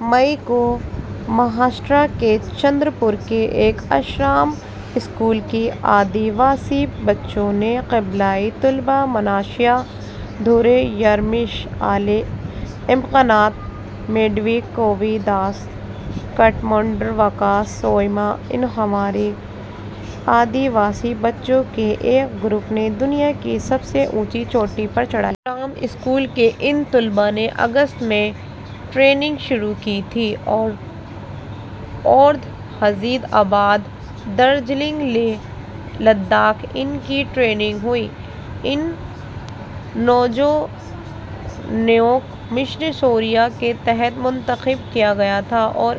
مئی کو مہاراشٹر کے چندر پور کے ایک آشرم- اسکول کے آدی واسی بچوں نے قبائلی طلبا – منیشا دھروے، پرمیش آلے، اماکانت مڈوی، کوی داس کاتموڑے، وکاس سویام – ان ہمارے آدی واسی بچوں کے ایک گروپ نے دنیا کی سب سے اونچی چوٹی پر چڑھائی کی۔ آشرم اسکول کے ان طلبا نے اگست میں ٹریننگ شروع کی تھی۔ وردھا، حیدرآباد، دارجلنگ، لیہہ ، لداخ – ان کی ٹریننگ ہوئی۔ ان نوجوانوںکو مشن شوریہ کے تحت منتخب کیا گیا تھا اور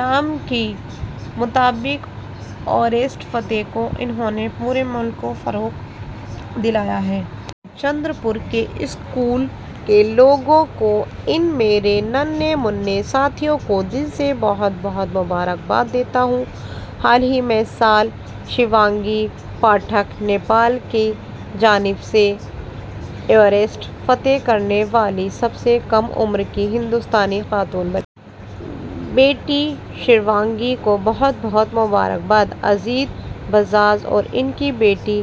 نام کے ہی مطابق ایوریسٹ فتح کر انہوں نے پورے ملک کو فخر دلایا ہے۔ میں چندر پور کے اسکول کے لوگوں کو ان میرے ننھے منھے ساتھیوں کو، دل سے بہت بہت مبارکباد دیتا ہوں۔ حال ہی میں سالہ شیوانگی پاٹھک ، نیپال کی جانب سے ایوریسٹ فتح کرنے والی سب سے کم عمر کی ہندوستانی خاتون بنی۔ بیٹی شیوانگی کو بہت بہت مبارکباد۔ اجیت بجاج اور ان کی بیٹی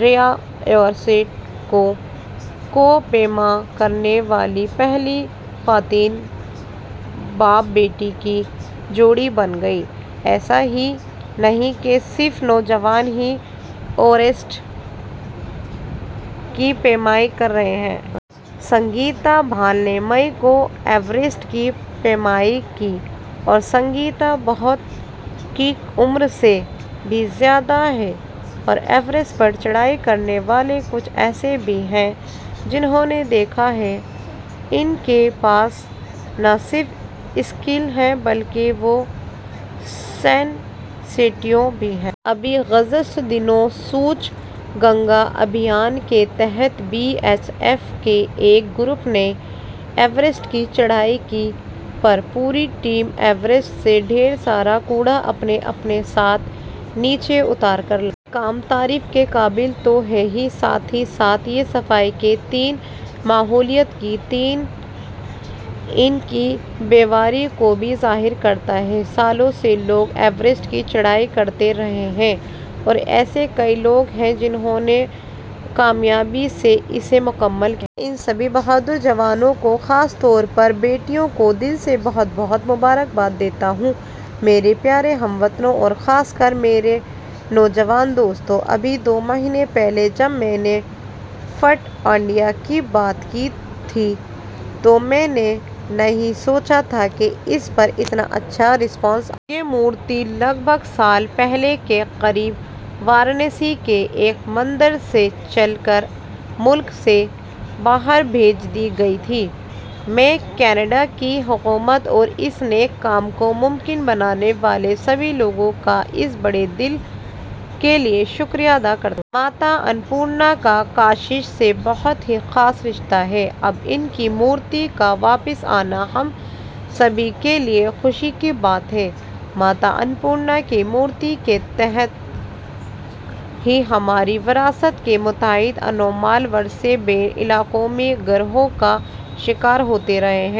دیا ایوریسٹ کی کوہ پیما کرنے والی پہلی خواتین باپ بیٹی کی جوڑی بن گئی۔ ایسا ہی نہیں کہ صرف نوجوان ہی ایوریسٹ کی پیمائی کر رہے ہیں۔ سنگیتا بہل نے مئی کو ایوریسٹ کی پیمائی کی اور سنگیتا بہت کی عمر سے بھی زیادہ ہے۔ ایوریسٹ پر چڑھائی کرنے والے کچھ ایسے بھی ہیں، جنہوں نے دکھایا کہ ان کے پاس نہ صرف اسکیل ہے بلکہ وہ سینسٹیو بھی ہیں۔ ابھی گزشتہ دنوں سوچھ گنگا ابھیان کے تحت بی ایس ایف کے ایک گروپ نے ایوریسٹ کی چڑھائی کی، پر پوری ٹیم ایوریسٹ سے ڈھیر سارا کوڑا اپنے اپنے ساتھ نیچے اتار کر لائی۔ یہ کام تعریف کے قابل تو ہے ہی، ساتھ ہی ساتھ یہ صفائی کے تئیں، ماحولیات کے تئیں ان کی بیداری کو بھی ظاہر کرتا ہے۔ سالوں سے لوگ ایوریسٹ کی چڑھائی کرتے رہے ہیں اور ایسے کئی لوگ ہیں، جنہوں نے کامیابی سے اسے مکمل کیا ہے۔ میں ان سبھی بہادر جوانوں کو، خاص طور پر بیٹیوں کو دل سے بہت بہت مبارکباد دیتا ہوں۔ میرے پیوارے ہم وطنوں اور خاص کر میرے نوجوان دوستوں۔ ابھی دو مہینے پہلے جب میں نے فٹ انڈیا کی بات کی تھی تو میں نے نہیں سوچا تھا کہ اس پر اتنا اچھا رسپانس آئے. یہ مورتی لگ بھگ سال پہلے، کے قریب، وارانسی کے ایک مندر سے چرا کر ملک سے باہر بھیج دی گئی تھی۔ میں، کینیڈا کی حکومت اور اس نیک کام کو ممکن بنانے والے سبھی لوگوں کا اس بڑے دل کیلئے شکریہ ادا کرتا ہوں۔ ماتا انّ پورنا کا کاشی سے بہت ہی خاص رشتہ ہے۔ اب، ان کی مورتی کا واپس آنا، ہم سبھی کیلئے خوشی کی بات ہے۔ ماتا انّ پورنا کی مورتی کی طرح ہی ہماری وراثت کے متعدد انمول ورثے بین الاقوامی گروہوں کا شکار ہوتے رہے ہیں۔